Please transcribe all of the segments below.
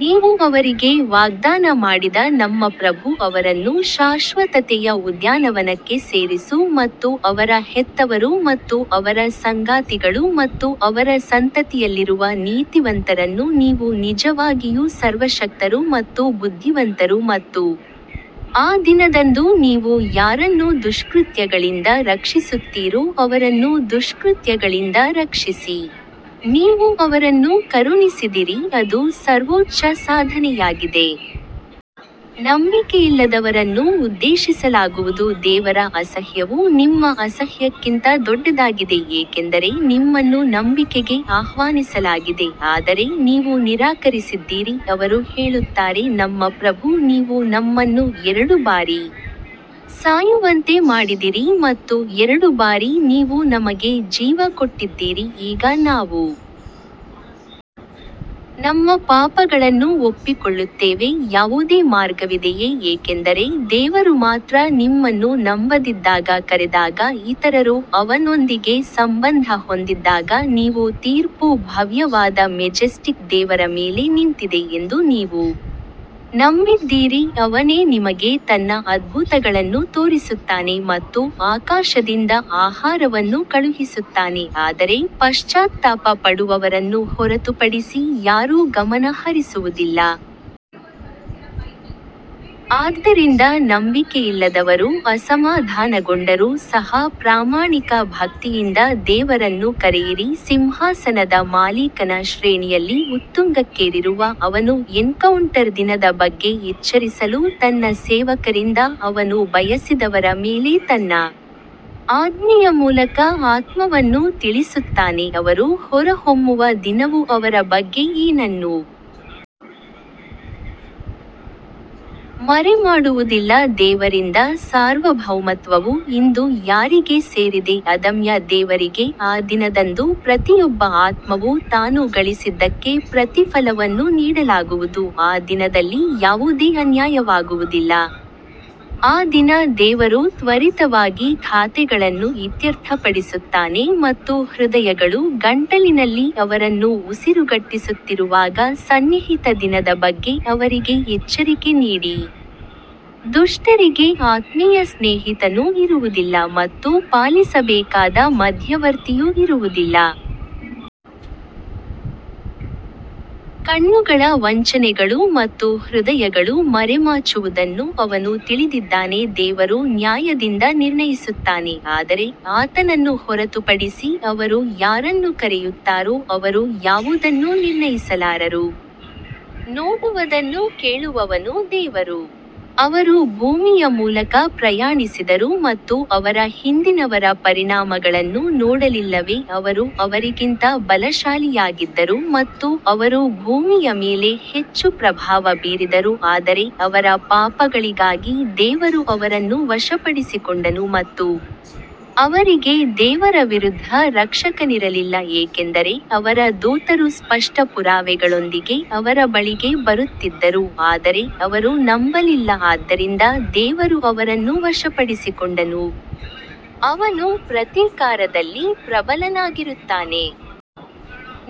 ನೀವು ಅವರಿಗೆ ವಾಗ್ದಾನ ಮಾಡಿದ ನಮ್ಮ ಪ್ರಭು ಅವರನ್ನು ಶಾಶ್ವತತೆಯ ಉದ್ಯಾನವನಕ್ಕೆ ಸೇರಿಸು ಮತ್ತು ಅವರ ಹೆತ್ತವರು ಮತ್ತು ಅವರ ಸಂಗಾತಿಗಳು ಮತ್ತು ಅವರ ಸಂತತಿಯಲ್ಲಿರುವ ನೀತಿವಂತರನ್ನು ನೀವು ನಿಜವಾಗಿಯೂ ಸರ್ವಶಕ್ತರು ಮತ್ತು ಬುದ್ಧಿವಂತರು ಮತ್ತು ಆ ದಿನದಂದು ನೀವು ಯಾರನ್ನು ದುಷ್ಕೃತ್ಯಗಳಿಂದ ರಕ್ಷಿಸುತ್ತೀರೋ ಅವರನ್ನು ದುಷ್ಕೃತ್ಯಗಳಿಂದ ರಕ್ಷಿಸಿ, ನೀವು ಅವರನ್ನು ಕರುಣಿಸಿದಿರಿ ಅದು ಸರ್ವೋಚ್ಚ ಸಾಧನೆಯಾಗಿದೆ. ನಂಬಿಕೆಯಿಲ್ಲದವರನ್ನು ಉದ್ದೇಶಿಸಲಾಗುವುದು ದೇವರ ಅಸಹ್ಯವು ನಿಮ್ಮ ಅಸಹ್ಯಕ್ಕಿಂತ ದೊಡ್ಡದಾಗಿದೆ ಏಕೆಂದರೆ ನಿಮ್ಮನ್ನು ನಂಬಿಕೆಗೆ ಆಹ್ವಾನಿಸಲಾಗಿದೆ ಆದರೆ ನೀವು ನಿರಾಕರಿಸಿದ್ದೀರಿ ಅವರು ಹೇಳುತ್ತಾರೆ ನಮ್ಮ ಪ್ರಭು ನೀವು ನಮ್ಮನ್ನು ಎರಡು ಬಾರಿ ಸಾಯುವಂತೆ ಮಾಡಿದಿರಿ ಮತ್ತು ಎರಡು ಬಾರಿ ನೀವು ನಮಗೆ ಜೀವ ಕೊಟ್ಟಿದ್ದೀರಿ ಈಗ ನಾವು ನಮ್ಮ ಪಾಪಗಳನ್ನು ಒಪ್ಪಿಕೊಳ್ಳುತ್ತೇವೆ ಯಾವುದೇ ಮಾರ್ಗವಿದೆಯೇ ಏಕೆಂದರೆ ದೇವರು ಮಾತ್ರ ನಿಮ್ಮನ್ನು ನಂಬದಿದ್ದಾಗ ಕರೆದಾಗ ಇತರರು ಅವನೊಂದಿಗೆ ಸಂಬಂಧ ಹೊಂದಿದ್ದಾಗ ನೀವು ತೀರ್ಪು ಭವ್ಯವಾದ ಮೆಜೆಸ್ಟಿಕ್ ದೇವರ ಮೇಲೆ ನಿಂತಿದೆ ಎಂದು ನೀವು ನಂಬಿದ್ದೀರಿ ಅವನೇ ನಿಮಗೆ ತನ್ನ ಅದ್ಭುತಗಳನ್ನು ತೋರಿಸುತ್ತಾನೆ ಮತ್ತು ಆಕಾಶದಿಂದ ಆಹಾರವನ್ನು ಕಳುಹಿಸುತ್ತಾನೆ ಆದರೆ ಪಶ್ಚಾತ್ತಾಪ ಪಡುವವರನ್ನು ಹೊರತುಪಡಿಸಿ ಯಾರೂ ಗಮನ ಹರಿಸುವುದಿಲ್ಲ. ಆದ್ದರಿಂದ ನಂಬಿಕೆಯಿಲ್ಲದವರು ಅಸಮಾಧಾನಗೊಂಡರೂ ಸಹ ಪ್ರಾಮಾಣಿಕ ಭಕ್ತಿಯಿಂದ ದೇವರನ್ನು ಕರೆಯಿರಿ ಸಿಂಹಾಸನದ ಮಾಲೀಕನ ಶ್ರೇಣಿಯಲ್ಲಿ ಉತ್ತುಂಗಕ್ಕೇರಿರುವ ಅವನು ಎನ್ಕೌಂಟರ್ ದಿನದ ಬಗ್ಗೆ ಎಚ್ಚರಿಸಲು ತನ್ನ ಸೇವಕರಿಂದ ಅವನು ಬಯಸಿದವರ ಮೇಲೆ ತನ್ನ ಆಜ್ಞೆಯ ಮೂಲಕ ಆತ್ಮವನ್ನು ತಿಳಿಸುತ್ತಾನೆ ಅವರು ಹೊರಹೊಮ್ಮುವ ದಿನವು ಅವರ ಬಗ್ಗೆ ಏನನ್ನೂ ಮರೆಮಾಡುವುದಿಲ್ಲ ದೇವರಿಂದ ಸಾರ್ವಭೌಮತ್ವವು ಇಂದು ಯಾರಿಗೆ ಸೇರಿದೆ ಅದಮ್ಯ ದೇವರಿಗೆ ಆ ದಿನದಂದು ಪ್ರತಿಯೊಬ್ಬ ಆತ್ಮವು ತಾನು ಗಳಿಸಿದ್ದಕ್ಕೆ ಪ್ರತಿಫಲವನ್ನು ನೀಡಲಾಗುವುದು ಆ ದಿನದಲ್ಲಿ ಯಾವುದೇ ಅನ್ಯಾಯವಾಗುವುದಿಲ್ಲ, ಆ ದಿನ ದೇವರು ತ್ವರಿತವಾಗಿ ಖಾತೆಗಳನ್ನು ಇತ್ಯರ್ಥಪಡಿಸುತ್ತಾನೆ ಮತ್ತು ಹೃದಯಗಳು ಗಂಟಲಿನಲ್ಲಿ ಅವರನ್ನು ಉಸಿರುಗಟ್ಟಿಸುತ್ತಿರುವಾಗ ಸನ್ನಿಹಿತ ದಿನದ ಬಗ್ಗೆ ಅವರಿಗೆ ಎಚ್ಚರಿಕೆ ನೀಡಿ, ದುಷ್ಟರಿಗೆ ಆತ್ಮೀಯ ಸ್ನೇಹಿತನೂ ಇರುವುದಿಲ್ಲ ಮತ್ತು ಪಾಲಿಸಬೇಕಾದ ಮಧ್ಯವರ್ತಿಯೂ ಇರುವುದಿಲ್ಲ. ಕಣ್ಣುಗಳ ವಂಚನೆಗಳು ಮತ್ತು ಹೃದಯಗಳು ಮರೆಮಾಚುವುದನ್ನು ಅವನು ತಿಳಿದಿದ್ದಾನೆ ದೇವರು ನ್ಯಾಯದಿಂದ ನಿರ್ಣಯಿಸುತ್ತಾನೆ ಆದರೆ ಆತನನ್ನು ಹೊರತುಪಡಿಸಿ ಅವರು ಯಾರನ್ನು ಕರೆಯುತ್ತಾರೋ ಅವರು ಯಾವುದನ್ನೂ ನಿರ್ಣಯಿಸಲಾರರು, ನೋಡುವದನ್ನು ಕೇಳುವವನು ದೇವರು. ಅವರು ಭೂಮಿಯ ಮೂಲಕ ಪ್ರಯಾಣಿಸಿದರು ಮತ್ತು ಅವರ ಹಿಂದಿನವರ ಪರಿಣಾಮಗಳನ್ನು ನೋಡಲಿಲ್ಲವೇ ಅವರು ಅವರಿಗಿಂತ ಬಲಶಾಲಿಯಾಗಿದ್ದರು ಮತ್ತು ಅವರು ಭೂಮಿಯ ಮೇಲೆ ಹೆಚ್ಚು ಪ್ರಭಾವ ಬೀರಿದರು ಆದರೆ ಅವರ ಪಾಪಗಳಿಗಾಗಿ ದೇವರು ಅವರನ್ನು ವಶಪಡಿಸಿಕೊಂಡನು ಮತ್ತು ಅವರಿಗೆ ದೇವರ ವಿರುದ್ಧ ರಕ್ಷಕನಿರಲಿಲ್ಲ ಏಕೆಂದರೆ ಅವರ ದೂತರು ಸ್ಪಷ್ಟ ಪುರಾವೆಗಳೊಂದಿಗೆ ಅವರ ಬಳಿಗೆ ಬರುತ್ತಿದ್ದರು ಆದರೆ ಅವರು ನಂಬಲಿಲ್ಲ ಆದ್ದರಿಂದ ದೇವರು ಅವರನ್ನು ವಶಪಡಿಸಿಕೊಂಡನು, ಅವನು ಪ್ರತೀಕಾರದಲ್ಲಿ ಪ್ರಬಲನಾಗಿರುತ್ತಾನೆ.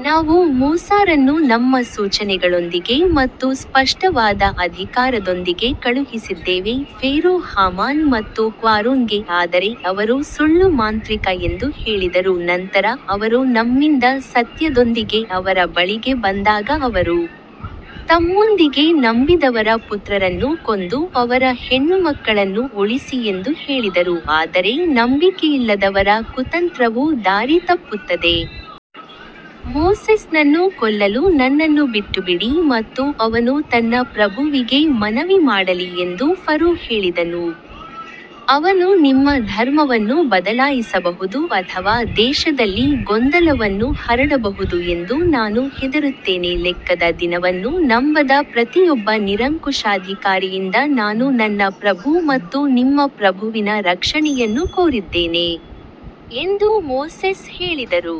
ನಾವು ಮೂಸಾರನ್ನು ನಮ್ಮ ಸೂಚನೆಗಳೊಂದಿಗೆ ಮತ್ತು ಸ್ಪಷ್ಟವಾದ ಅಧಿಕಾರದೊಂದಿಗೆ ಕಳುಹಿಸಿದ್ದೇವೆ ಫೇರೋ ಹಾಮಾನ್ ಮತ್ತು ಕ್ವಾರೂನ್ಗೆ ಆದರೆ ಅವರು ಸುಳ್ಳು ಮಾಂತ್ರಿಕ ಎಂದು ಹೇಳಿದರು ನಂತರ ಅವರು ನಮ್ಮಿಂದ ಸತ್ಯದೊಂದಿಗೆ ಅವರ ಬಳಿಗೆ ಬಂದಾಗ ಅವರು ತಮ್ಮೊಂದಿಗೆ ನಂಬಿದವರ ಪುತ್ರರನ್ನು ಕೊಂದು ಅವರ ಹೆಣ್ಣುಮಕ್ಕಳನ್ನು ಉಳಿಸಿ ಎಂದು ಹೇಳಿದರು ಆದರೆ ನಂಬಿಕೆಯಿಲ್ಲದವರ ಕುತಂತ್ರವು ದಾರಿ ತಪ್ಪುತ್ತದೆ. ಮೋಸೆಸ್ನನ್ನು ಕೊಲ್ಲಲು ನನ್ನನ್ನು ಬಿಟ್ಟುಬಿಡಿ ಮತ್ತು ಅವನು ತನ್ನ ಪ್ರಭುವಿಗೆ ಮನವಿ ಮಾಡಲಿ ಎಂದು ಫರೋ ಹೇಳಿದನು, ಅವನು ನಿಮ್ಮ ಧರ್ಮವನ್ನು ಬದಲಾಯಿಸಬಹುದು ಅಥವಾ ದೇಶದಲ್ಲಿ ಗೊಂದಲವನ್ನು ಹರಡಬಹುದು ಎಂದು ನಾನು ಹೆದರುತ್ತೇನೆ ಲೆಕ್ಕದ ದಿನವನ್ನು ನಂಬದ ಪ್ರತಿಯೊಬ್ಬ ನಿರಂಕುಶಾಧಿಕಾರಿಯಿಂದ ನಾನು ನನ್ನ ಪ್ರಭು ಮತ್ತು ನಿಮ್ಮ ಪ್ರಭುವಿನ ರಕ್ಷಣೆಯನ್ನು ಕೋರಿದ್ದೇನೆ ಎಂದು ಮೋಸೆಸ್ ಹೇಳಿದರು.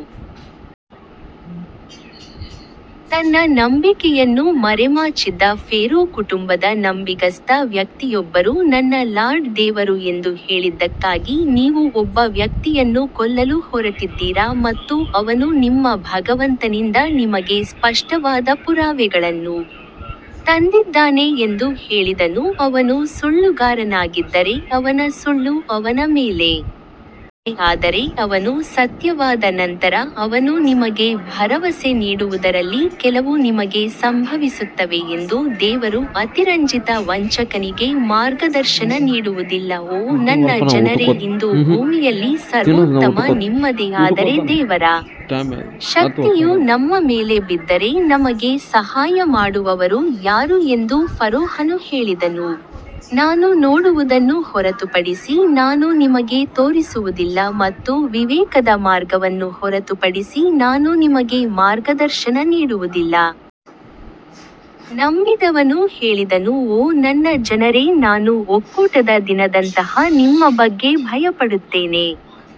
ತನ್ನ ನಂಬಿಕೆಯನ್ನು ಮರೆಮಾಚಿದ್ದ ಫೇರೋ ಕುಟುಂಬದ ನಂಬಿಗಸ್ತ ವ್ಯಕ್ತಿಯೊಬ್ಬರು ನನ್ನ ಲಾರ್ಡ್ ದೇವರು ಎಂದು ಹೇಳಿದ್ದಕ್ಕಾಗಿ ನೀವು ಒಬ್ಬ ವ್ಯಕ್ತಿಯನ್ನು ಕೊಲ್ಲಲು ಹೊರಟಿದ್ದೀರಾ ಮತ್ತು ಅವನು ನಿಮ್ಮ ಭಗವಂತನಿಂದ ನಿಮಗೆ ಸ್ಪಷ್ಟವಾದ ಪುರಾವೆಗಳನ್ನು ತಂದಿದ್ದಾನೆ ಎಂದು ಹೇಳಿದನು ಅವನು ಸುಳ್ಳುಗಾರನಾಗಿದ್ದರೆ ಅವನ ಸುಳ್ಳು ಅವನ ಮೇಲೆ ಮರುಕಳಿಸುತ್ತದೆ ಆದರೆ ಅವನು ಸತ್ಯವಾದ ನಂತರ ಅವನು ನಿಮಗೆ ಭರವಸೆ ನೀಡುವುದರಲ್ಲಿ ಕೆಲವು ನಿಮಗೆ ಸಂಭವಿಸುತ್ತವೆ ಎಂದು ದೇವರು ಅತಿರಂಜಿತ ವಂಚಕನಿಗೆ ಮಾರ್ಗದರ್ಶನ ನೀಡುವುದಿಲ್ಲ ಓ ನನ್ನ ಜನರೇ ಇಂದು ಭೂಮಿಯಲ್ಲಿ ಸರ್ವೋತ್ತಮ ನಿಮ್ಮದೇ ಆದರೆ ದೇವರ ಶಕ್ತಿಯು ನಮ್ಮ ಮೇಲೆ ಬಿದ್ದರೆ ನಮಗೆ ಸಹಾಯ ಮಾಡುವವರು ಯಾರು ಎಂದು ಫರೋಹನು ಹೇಳಿದನು, ನಾನು ನೋಡುವುದನ್ನು ಹೊರತುಪಡಿಸಿ ನಾನು ನಿಮಗೆ ತೋರಿಸುವುದಿಲ್ಲ ಮತ್ತು ವಿವೇಕದ ಮಾರ್ಗವನ್ನು ಹೊರತುಪಡಿಸಿ ನಾನು ನಿಮಗೆ ಮಾರ್ಗದರ್ಶನ ನೀಡುವುದಿಲ್ಲ. ನಂಬಿದವನು ಹೇಳಿದನು ಓ ನನ್ನ ಜನರೇ ನಾನು ಒಕ್ಕೂಟದ ದಿನದಂತಹ ನಿಮ್ಮ ಬಗ್ಗೆ ಭಯಪಡುತ್ತೇನೆ.